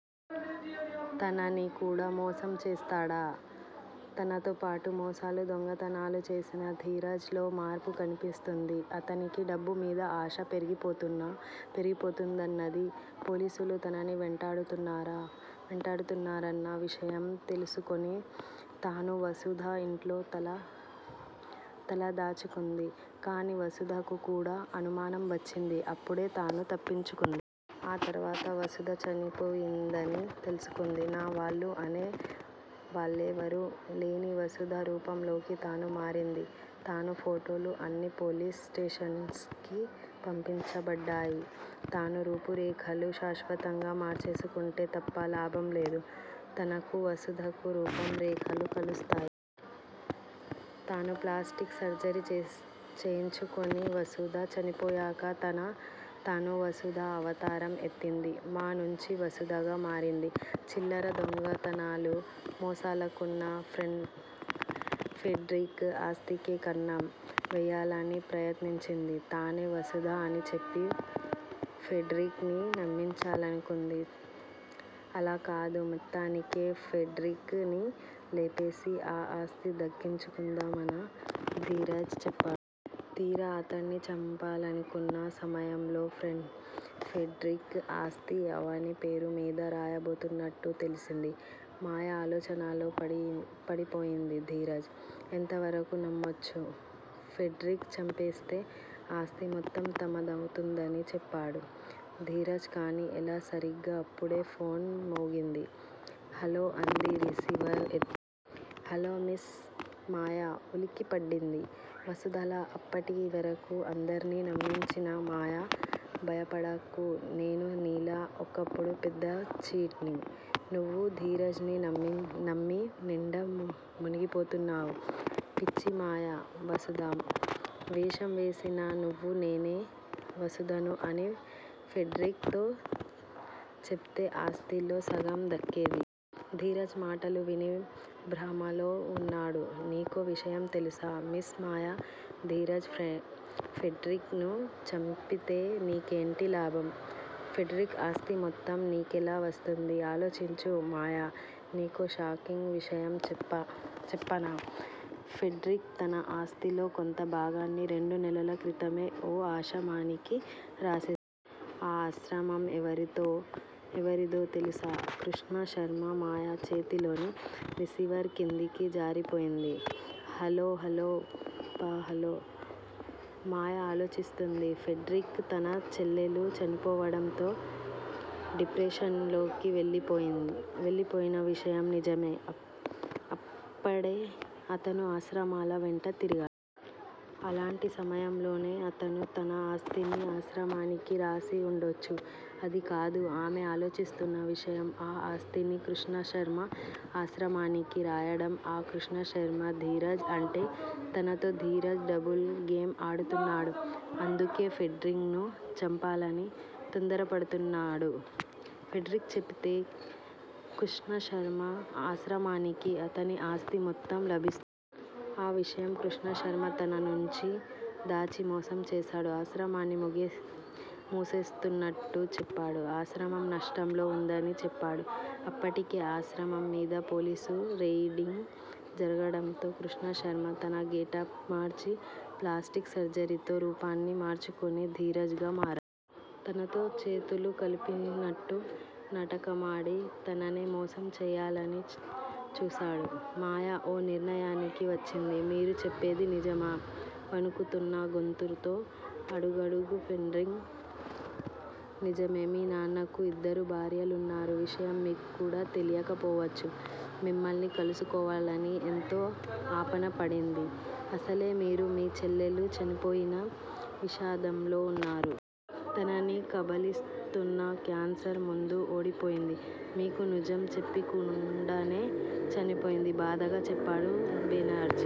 తనని కూడా మోసం చేస్తాడా. తనతోపాటు, మోసాలు, దొంగతనాలు చేసిన ధీరజ్ లో మార్పు కనిపిస్తుంది. అతనికి డబ్బు మీద ఆశ పెరిగిపోతుందన్నది. పోలీసులు తనని వెంటాడుతున్నారన్న విషయం తెలుసుకొని తను వసుధ ఇంట్లో తల దాచుకుంది. కానీ వసుధకు కూడా అనుమానం వచ్చింది. అప్పుడే తను తప్పించుకుంది. ఆ తర్వాత వసుధ చనిపోయిందని తెలుసుకుంది. నా' వాళ్ళు అనే వాళ్ళేవరూ లేని వసుధ రూపంలోకి తాను మారింది. తాను ఫోటోలు అన్నీ పోలీస్ స్టేషన్స్ కి పంపించబడ్డాయి. తాను రూపురేఖలు శాశ్వతంగా మార్చేసుకుంటే తప్ప లాభం లేదు. తనకూ వసుధకు రూపు రేఖలు కలుస్తాయి. తను ప్లాస్టిక్ సర్జరీ చేయించుకుని వసుధ చనిపోయాక తను వసుధ అవతారం ఎత్తింది. మా నుంచి వసుధగా మారింది. చిల్లర దొంగతనాలు, మోసాలుకన్నా, ఫెడ్రిక్ ఆస్తికే కన్నం వేయాలని ప్రయత్నించింది. తనే వసుధ అని చెప్పి ఫెడ్రిక్ ని నమ్మించాలనుకుంది. అలాకాదు మొత్తానికే ఫెడ్రిక్ ని లేపేసి ఆ ఆస్తి దక్కించుకుందామన ధీరజ్ చెప్పాడు. తీరా, అతడ్ని చంపాలనుకున్న సమయంలో ఫెడ్రిక్ ఆస్తి అవని పేరు మీద రాయబోతున్నట్టు తెలిసింది. మాయ ఆలోచనలో పడిపోయింది. ధీరజ్ ఎంతవరకు నమ్మొచ్చు. ఫెడ్రిక్ చంపేస్తే ఆస్తి మొత్తం తమదవుతుందని చెప్పాడు ధీరజ్. కాని ఎలా? సరిగ్గా అప్పుడే ఫోన్ మోగింది. హలో అంది రిసీవర్ ఎత్తి. హలో మిస్ మాయా ఉలిక్కిపడింది వసుధలా అప్పటివరకు అందర్నీ నమ్మించిన మాయ. భయపడకు నేనూ నీలా ఒకప్పుడు పెద్ద ఛీట్ ని. నువ్వు ధీరజ్ ని నమ్మి నిండా మునిగిపోతున్నావు. పిచ్చి మాయా వసుధ వేషం వేసిన నువ్వు నేనే వసుధను అని ఫెడ్రిక్ తో చెబితే ఆస్తిలో సగం దక్కేది. ధీరజ్ మాటలు విని భ్రమలో వున్నావు. నీకో విషయం తెలుసా మిస్ మాయా, ధీరజ్ ఫెడ్రిక్ ను చంపితే, నీకేంటి లాభం? ఫెడ్రిక్ ఆస్తి మొత్తం నీకెలా వస్తుంది? ఆలోచించు మాయా నీకో షాకింగ్ విషయం చెప్పనా? ఫెడ్రిక్ తన ఆస్తిలో కొంత భాగాన్ని రెండు నెలల క్రితమే ఓ ఆశమానికి రాసేసాడు. ఆ ఆశ్రమం ఎవరిదో తెలుసా కృ ష్ణ శ ర్మ. మాయ చేతిలోని రిసీవర్ కిందికి జారిపోయింది. హ లో హ లో హ లో మాయ ఆలోచిస్తుంది. ఫెడ్రిక్ తన చెల్లెలు చనిపోవడం తో డిప్రెషన్ లోకి వెళ్ళిపోయిన విషయం నిజమే. అప్పడే అతను ఆశ్రమాల వెంట తిరిగాడు. అలాంటి సమయంలోనే అతను తన ఆస్తిని ఆశ్రమానికి రాసి వుండొచ్చు. అది కాదు ఆమె ఆలోచిస్తోన్న విషయం. ఆ ఆస్తిని కృష్ణశర్మ ఆశ్రమానికి రాయడం, ఆ కృష్టశర్మ ధీరజ్. అంటే తనతో ధీరజ్ డబుల్ గేమ్ ఆడుతున్నాడు. అందుకే, ఫెడ్రిక్ ను చంపాలని తోందరపడుతున్నాడు. ఫెడ్రిక్ చేపితే కృష్ణశర్మ ఆశ్రమానికి అతని ఆస్తి మొత్తం లభిస్తుంది. ఆ విషయం కృష్ణశర్మ తన నుంచి దాచి, మోసం చేసాడు. ఆశ్రమాన్ని మూసేస్తున్నట్టు చెప్పాడు. ఆశ్రమం నష్టంల్లో వుందని చెప్పాడు. అప్పటికే ఆ ఆశ్రమం మీద పొలీసు రెయిడింగ్ జరగడంతో, కృష్ణశర్మ తన గెటప్ మార్చి ప్లాస్టిక్ సర్జరీతో రూపాన్ని మార్చుకొని ధీరజ్ గా మారాడు. తనతో చేతులు కలిపినట్టు నాటకమాడి తననే మోసం చేయాలని చూసాడు. మాయ ఓ నిర్ణయానికి వచ్చింది మీరు చెప్పేది నిజమా? వణుకుతోన్న గొంతుతో అడుగడుగు ఫెడ్రిక్. నిజమే మీ నాన్నకు ఇద్దరు భార్యలున్నారు విషయం మీక్కూడా తెలియకపోవచ్చు. మిమ్మల్ని కలుసుకోవాలని ఎంతో తాపన పడింది. అసలే మీరు మీ చెల్లెలు చనిపోయిన విషాదంలో వున్నారు. తనని కబళిస్తున్న క్యాన్సర్ ముందు ఓడిపోయింది. మీకు నుజం చెప్పకుండానే చనిపోయింది. బాధగా చెప్పాడు బెనర్జీ.